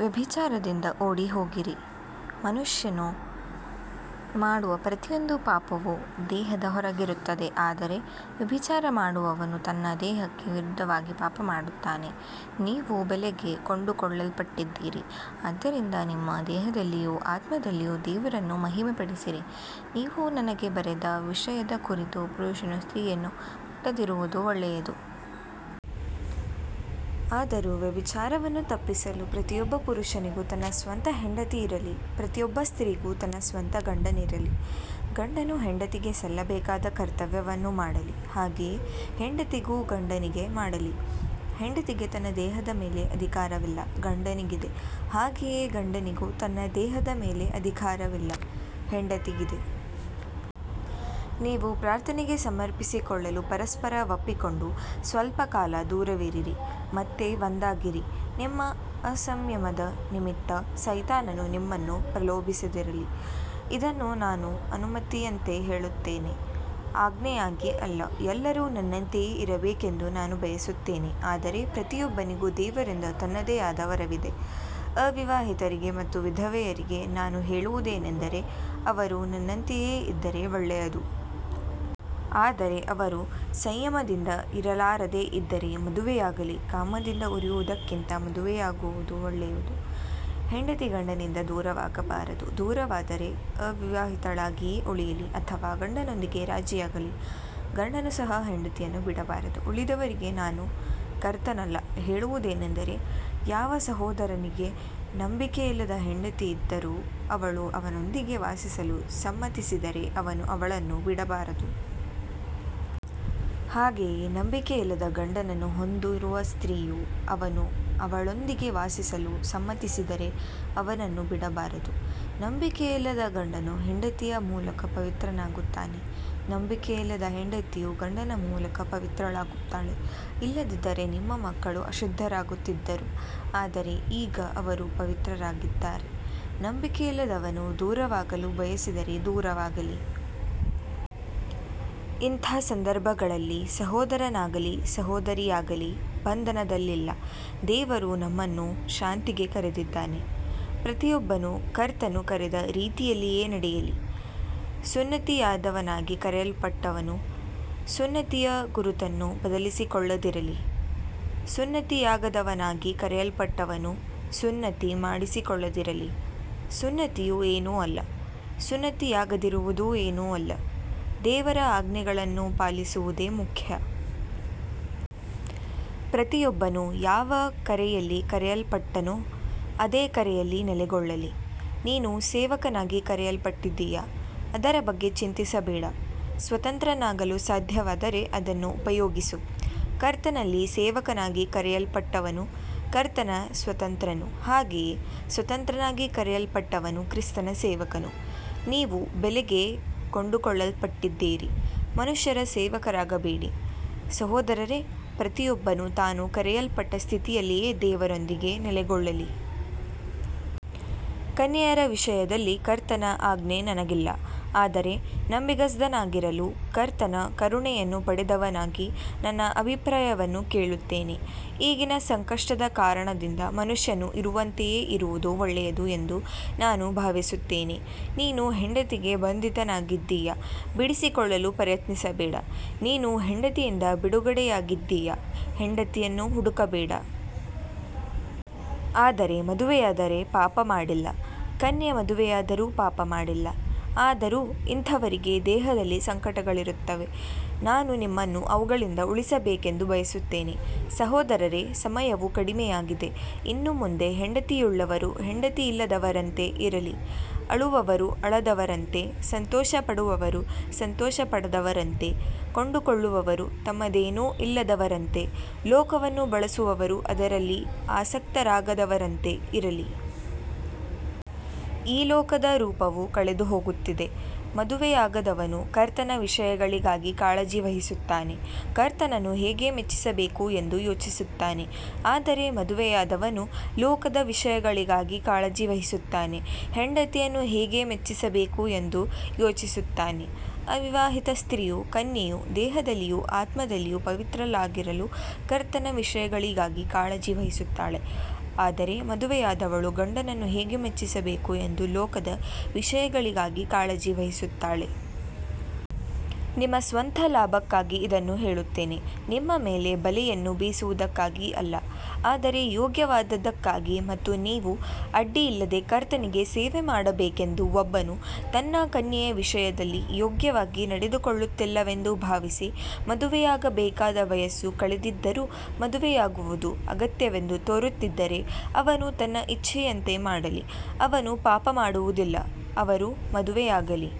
ವ್ಯಭಿಚಾರದಿಂದ ಓಡಿಹೋಗಿರಿ. ಮನುಷ್ಯನು ಮಾಡುವ ಪ್ರತಿಯೊಂದು ಪಾಪವೂ ದೇಹದ ಹೊರಗಿರುತ್ತದೆ, ಆದರೆ ವ್ಯಭಿಚಾರ ಮಾಡುವವನು ತನ್ನ ದೇಹಕ್ಕೆ ವಿರುದ್ಧವಾಗಿ ಪಾಪಮಾಡುತ್ತಾನೆ. ನೀವು ಬೆಲೆಗೆ ಕೊಂಡುಕೊಳ್ಳಲ್ಪಟ್ಟಿದ್ದೀರಿ, ಆದ್ದರಿಂದ ನಿಮ್ಮ ದೇಹದಲ್ಲಿಯೂ ಆತ್ಮದಲ್ಲಿಯೂ ದೇವರನ್ನು ಮಹಿಮೆಪಡಿಸಿರಿ. ನೀವು ನನಗೆ ಬರೆದ ವಿಷಯದ ಕುರಿತು, ಪುರುಷನು ಸ್ತ್ರೀಯನ್ನು ಮುಟ್ಟದಿರುವುದು ಒಳ್ಳೆಯದು. ಆದರೂ ವ್ಯಭಿಚಾರವನ್ನು ತಪ್ಪಿಸಲು ಪ್ರತಿಯೊಬ್ಬ ಪುರುಷನಿಗೂ ತನ್ನ ಸ್ವಂತ ಹೆಂಡತಿಯಿರಲಿ, ಪ್ರತಿಯೊಬ್ಬ ಸ್ತ್ರೀಗೂ ತನ್ನ ಸ್ವಂತ ಗಂಡನಿರಲಿ. ಗಂಡನು ಹೆಂಡತಿಗೆ ಸಲ್ಲಬೇಕಾದ ಕರ್ತವ್ಯವನ್ನು ಮಾಡಲಿ, ಹಾಗೆಯೇ ಹೆಂಡತಿಯೂ ಗಂಡನಿಗೆ ಮಾಡಲಿ. ಹೆಂಡತಿಗೆ ತನ್ನ ದೇಹದ ಮೇಲೆ ಅಧಿಕಾರವಿಲ್ಲ, ಗಂಡನಿಗಿದೆ, ಹಾಗೆಯೇ ಗಂಡನಿಗೂ ತನ್ನ ದೇಹದ ಮೇಲೆ ಅಧಿಕಾರವಿಲ್ಲ, ಹೆಂಡತಿಗಿದೆ. ನೀವು ಪ್ರಾರ್ಥನೆಗೆ ಸಮರ್ಪಿಸಿಕೊಳ್ಳಲು ಪರಸ್ಪರ ಒಪ್ಪಿಕೊಂಡು ಸ್ವಲ್ಪಕಾಲ ದೂರವಿರಿರಿ, ಮತ್ತೆ ಒಂದಾಗಿರಿ, ನಿಮ್ಮ ಅಸಂಯಮದ ನಿಮಿತ್ತ ಸೈತಾನನು ನಿಮ್ಮನ್ನು ಪ್ರಲೋಭಿಸದಿರಲಿ. ಇದನ್ನು ನಾನು ಅನುಮತಿಯಂತೆ ಹೇಳುತ್ತೇನೆ, ಆಜ್ಞೆಯಾಗಿ ಅಲ್ಲ. ಎಲ್ಲರೂ ನನ್ನಂತೆಯೇ ಇರಬೇಕೆಂದು ನಾನು ಬಯಸುತ್ತೇನೆ, ಆದರೆ ಪ್ರತಿಯೊಬ್ಬನಿಗೂ ದೇವರಿಂದ ತನ್ನದೇ ಆದ ವರವಿದೆ. ಅವಿವಾಹಿತರಿಗೆ ಮತ್ತು ವಿಧವೆಯರಿಗೆ ನಾನು ಹೇಳುವುದೇನೆಂದರೆ, ಅವರು ನನ್ನಂತೆಯೇ ಇದ್ದರೆ ಒಳ್ಳೆಯದು. ಆದರೆ ಅವರು ಸಂಯಮದಿಂದ ಇರಲಾರದೆ ಇದ್ದರೆ ಮದುವೆಯಾಗಲಿ, ಕಾಮದಿಂದ ಉರಿಯುವುದಕ್ಕಿಂತ ಮದುವೆಯಾಗುವುದು ಒಳ್ಳೆಯದು. ಹೆಂಡತಿ ಗಂಡನಿಂದ ದೂರವಾಗಬಾರದು, ದೂರವಾದರೆ ಅವಿವಾಹಿತಳಾಗಿಯೇ ಉಳಿಯಲಿ ಅಥವಾ ಗಂಡನೊಂದಿಗೆ ರಾಜಿಯಾಗಲಿ, ಗಂಡನು ಸಹ ಹೆಂಡತಿಯನ್ನು ಬಿಡಬಾರದು. ಉಳಿದವರಿಗೆ ನಾನು, ಕರ್ತನಲ್ಲ, ಹೇಳುವುದೇನೆಂದರೆ, ಯಾವ ಸಹೋದರನಿಗೆ ನಂಬಿಕೆಯಿಲ್ಲದ ಹೆಂಡತಿಯಿದ್ದರೂ ಅವಳು ಅವನೊಂದಿಗೆ ವಾಸಿಸಲು ಸಮ್ಮತಿಸಿದರೆ ಅವನು ಅವಳನ್ನು ಬಿಡಬಾರದು. ಹಾಗೆಯೇ ನಂಬಿಕೆಯಿಲ್ಲದ ಗಂಡನನ್ನು ಹೊಂದಿರುವ ಸ್ತ್ರೀಯು, ಅವನು ಅವಳೊಂದಿಗೆ ವಾಸಿಸಲು ಸಮ್ಮತಿಸಿದರೆ, ಅವನನ್ನು ಬಿಡಬಾರದು. ನಂಬಿಕೆಯಿಲ್ಲದ ಗಂಡನು ಹೆಂಡತಿಯ ಮೂಲಕ ಪವಿತ್ರನಾಗುತ್ತಾನೆ, ನಂಬಿಕೆಯಿಲ್ಲದ ಹೆಂಡತಿಯು ಗಂಡನ ಮೂಲಕ ಪವಿತ್ರಳಾಗುತ್ತಾಳೆ. ಇಲ್ಲದಿದ್ದರೆ ನಿಮ್ಮ ಮಕ್ಕಳು ಅಶುದ್ಧರಾಗುತ್ತಿದ್ದರು, ಆದರೆ ಈಗ ಅವರು ಪವಿತ್ರರಾಗಿದ್ದಾರೆ. ನಂಬಿಕೆಯಿಲ್ಲದವನು ದೂರವಾಗಲು ಬಯಸಿದರೆ ದೂರವಾಗಲಿ. ಇಂಥ ಸಂದರ್ಭಗಳಲ್ಲಿ ಸಹೋದರನಾಗಲಿ ಸಹೋದರಿಯಾಗಲಿ ಬಂಧನದಲ್ಲಿಲ್ಲ, ದೇವರು ನಮ್ಮನ್ನು ಶಾಂತಿಗೆ ಕರೆದಿದ್ದಾನೆ. ಪ್ರತಿಯೊಬ್ಬನು ಕರ್ತನು ಕರೆದ ರೀತಿಯಲ್ಲಿಯೇ ನಡೆಯಲಿ. ಸುನ್ನತಿಯಾದವನಾಗಿ ಕರೆಯಲ್ಪಟ್ಟವನು ಸುನ್ನತಿಯ ಗುರುತನ್ನು ಬದಲಿಸಿಕೊಳ್ಳದಿರಲಿ, ಸುನ್ನತಿಯಾಗದವನಾಗಿ ಕರೆಯಲ್ಪಟ್ಟವನು ಸುನ್ನತಿ ಮಾಡಿಸಿಕೊಳ್ಳದಿರಲಿ. ಸುನ್ನತಿಯು ಏನೂ ಅಲ್ಲ, ಸುನ್ನತಿಯಾಗದಿರುವುದೂ ಏನೂ ಅಲ್ಲ, ದೇವರ ಆಜ್ಞೆಗಳನ್ನು ಪಾಲಿಸುವುದೇ ಮುಖ್ಯ. ಪ್ರತಿಯೊಬ್ಬನು ಯಾವ ಕರೆಯಲ್ಲಿ ಕರೆಯಲ್ಪಟ್ಟನೋ ಅದೇ ಕರೆಯಲ್ಲಿ ನೆಲೆಗೊಳ್ಳಲಿ. ನೀನು ಸೇವಕನಾಗಿ ಕರೆಯಲ್ಪಟ್ಟಿದ್ದೀಯಾ, ಅದರ ಬಗ್ಗೆ ಚಿಂತಿಸಬೇಡ. ಸ್ವತಂತ್ರನಾಗಲು ಸಾಧ್ಯವಾದರೆ ಅದನ್ನು ಉಪಯೋಗಿಸು. ಕರ್ತನಲ್ಲಿ ಸೇವಕನಾಗಿ ಕರೆಯಲ್ಪಟ್ಟವನು ಕರ್ತನ ಸ್ವತಂತ್ರನು, ಹಾಗೆಯೇ ಸ್ವತಂತ್ರನಾಗಿ ಕರೆಯಲ್ಪಟ್ಟವನು ಕ್ರಿಸ್ತನ ಸೇವಕನು. ನೀವು ಬೆಲೆಗೆ ಕೊಂಡುಕೊಳ್ಳಲ್ಪಟ್ಟಿದ್ದೀರಿ, ಮನುಷ್ಯರ ಸೇವಕರಾಗಬೇಡಿ. ಸಹೋದರರೇ, ಪ್ರತಿಯೊಬ್ಬನು ತಾನು ಕರೆಯಲ್ಪಟ್ಟ ಸ್ಥಿತಿಯಲ್ಲಿಯೇ ದೇವರೊಂದಿಗೆ ನೆಲೆಗೊಳ್ಳಲಿ. ಕನ್ಯೆಯರ ವಿಷಯದಲ್ಲಿ ಕರ್ತನ ಆಜ್ಞೆ ನನಗಿಲ್ಲ, ಆದರೆ ನಂಬಿಗಸ್ತನಾಗಿರಲು ಕರ್ತನ ಕರುಣೆಯನ್ನು ಪಡೆದವನಾಗಿ ನನ್ನ ಅಭಿಪ್ರಾಯವನ್ನು ಹೇಳುತ್ತೇನೆ. ಈಗಿನ ಸಂಕಷ್ಟದ ಕಾರಣದಿಂದ ಮನುಷ್ಯನು ಇರುವಂತೆಯೇ ಇರುವುದು ಒಳ್ಳೆಯದು ಎಂದು ನಾನು ಭಾವಿಸುತ್ತೇನೆ. ನೀನು ಹೆಂಡತಿಗೆ ಬಂಧಿತನಾಗಿದ್ದೀಯಾ, ಬಿಡಿಸಿಕೊಳ್ಳಲು ಪ್ರಯತ್ನಿಸಬೇಡ. ನೀನು ಹೆಂಡತಿಯಿಂದ ಬಿಡುಗಡೆಯಾಗಿದ್ದೀಯಾ, ಹೆಂಡತಿಯನ್ನು ಹುಡುಕಬೇಡ. ಆದರೆ ಮದುವೆಯಾದರೆ ಪಾಪಮಾಡಿಲ್ಲ, ಕನ್ಯೆ ಮದುವೆಯಾದರೂ ಪಾಪಮಾಡಿಲ್ಲ. ಆದರೂ ಇಂಥವರಿಗೆ ದೇಹದಲ್ಲಿ ಸಂಕಟಗಳಿರುತ್ತವೆ, ನಾನು ನಿಮ್ಮನ್ನು ಅವುಗಳಿಂದ ಉಳಿಸಬೇಕೆಂದು ಬಯಸುತ್ತೇನೆ. ಸಹೋದರರೇ, ಸಮಯವು ಕಡಿಮೆಯಾಗಿದೆ. ಇನ್ನು ಮುಂದೆ ಹೆಂಡತಿಯುಳ್ಳವರು ಹೆಂಡತಿಯಿಲ್ಲದವರಂತೆ ಇರಲಿ, ಅಳುವವರು ಅಳದವರಂತೆ, ಸಂತೋಷಪಡುವವರು ಸಂತೋಷಪಡದವರಂತೆ, ಕೊಂಡುಕೊಳ್ಳುವವರು ತಮ್ಮದೇನೂ ಇಲ್ಲದವರಂತೆ, ಲೋಕವನ್ನು ಬಳಸುವವರು ಅದರಲ್ಲಿ ಆಸಕ್ತರಾಗದವರಂತೆ ಇರಲಿ. ಈ ಲೋಕದ ರೂಪವು ಕಳೆದುಹೋಗುತ್ತಿದೆ. ಮದುವೆಯಾಗದವನು ಕರ್ತನ ವಿಷಯಗಳಿಗಾಗಿ ಕಾಳಜಿವಹಿಸುತ್ತಾನೆ, ಕರ್ತನನ್ನು ಹೇಗೆ ಮೆಚ್ಚಿಸಬೇಕು ಎಂದು ಯೋಚಿಸುತ್ತಾನೆ. ಆದರೆ ಮದುವೆಯಾದವನು ಲೋಕದ ವಿಷಯಗಳಿಗಾಗಿ ಕಾಳಜಿವಹಿಸುತ್ತಾನೆ, ಹೆಂಡತಿಯನ್ನು ಹೇಗೆ ಮೆಚ್ಚಿಸಬೇಕು ಎಂದು ಯೋಚಿಸುತ್ತಾನೆ. ಅವಿವಾಹಿತ ಸ್ತ್ರೀಯೂ ಕನ್ಯೆಯೂ ದೇಹದಲ್ಲಿಯೂ ಆತ್ಮದಲ್ಲಿಯೂ ಪವಿತ್ರಳಾಗಿರಲು ಕರ್ತನ ವಿಷಯಗಳಿಗಾಗಿ ಕಾಳಜಿವಹಿಸುತ್ತಾಳೆ, ಆದರೆ ಮದುವೆಯಾದವಳು ಗಂಡನನ್ನು ಹೇಗೆ ಮೆಚ್ಚಿಸಬೇಕು ಎಂದು ಲೋಕದ ವಿಷಯಗಳಿಗಾಗಿ ಕಾಳಜಿವಹಿಸುತ್ತಾಳೆ. ನಿಮ್ಮ ಸ್ವಂತ ಲಾಭಕ್ಕಾಗಿ ಇದನ್ನು ಹೇಳುತ್ತೇನೆ, ನಿಮ್ಮ ಮೇಲೆ ಬಲೆಯನ್ನು ಬೀಸುವುದಕ್ಕಾಗಿ ಅಲ್ಲ, ಆದರೆ ಯೋಗ್ಯವಾದದ್ದಕ್ಕಾಗಿ ಮತ್ತು ನೀವು ಅಡ್ಡಿಯಿಲ್ಲದೆ ಕರ್ತನಿಗೆ ಸೇವೆಮಾಡಬೇಕೆಂದು. ಒಬ್ಬನು ತನ್ನ ಕನ್ಯೆಯ ವಿಷಯದಲ್ಲಿ ಯೋಗ್ಯವಾಗಿ ನಡೆದುಕೊಳ್ಳುತ್ತಿಲ್ಲವೆಂದು ಭಾವಿಸಿ, ಮದುವೆಯಾಗಬೇಕಾದ ವಯಸ್ಸು ಕಳೆದಿದ್ದರೂ ಮದುವೆಯಾಗುವುದು ಅಗತ್ಯವೆಂದು ತೋರುತ್ತಿದ್ದರೆ, ಅವನು ತನ್ನ ಇಚ್ಛೆಯಂತೆ ಮಾಡಲಿ, ಅವನು ಪಾಪಮಾಡುವುದಿಲ್ಲ, ಅವರು ಮದುವೆಯಾಗಲಿ.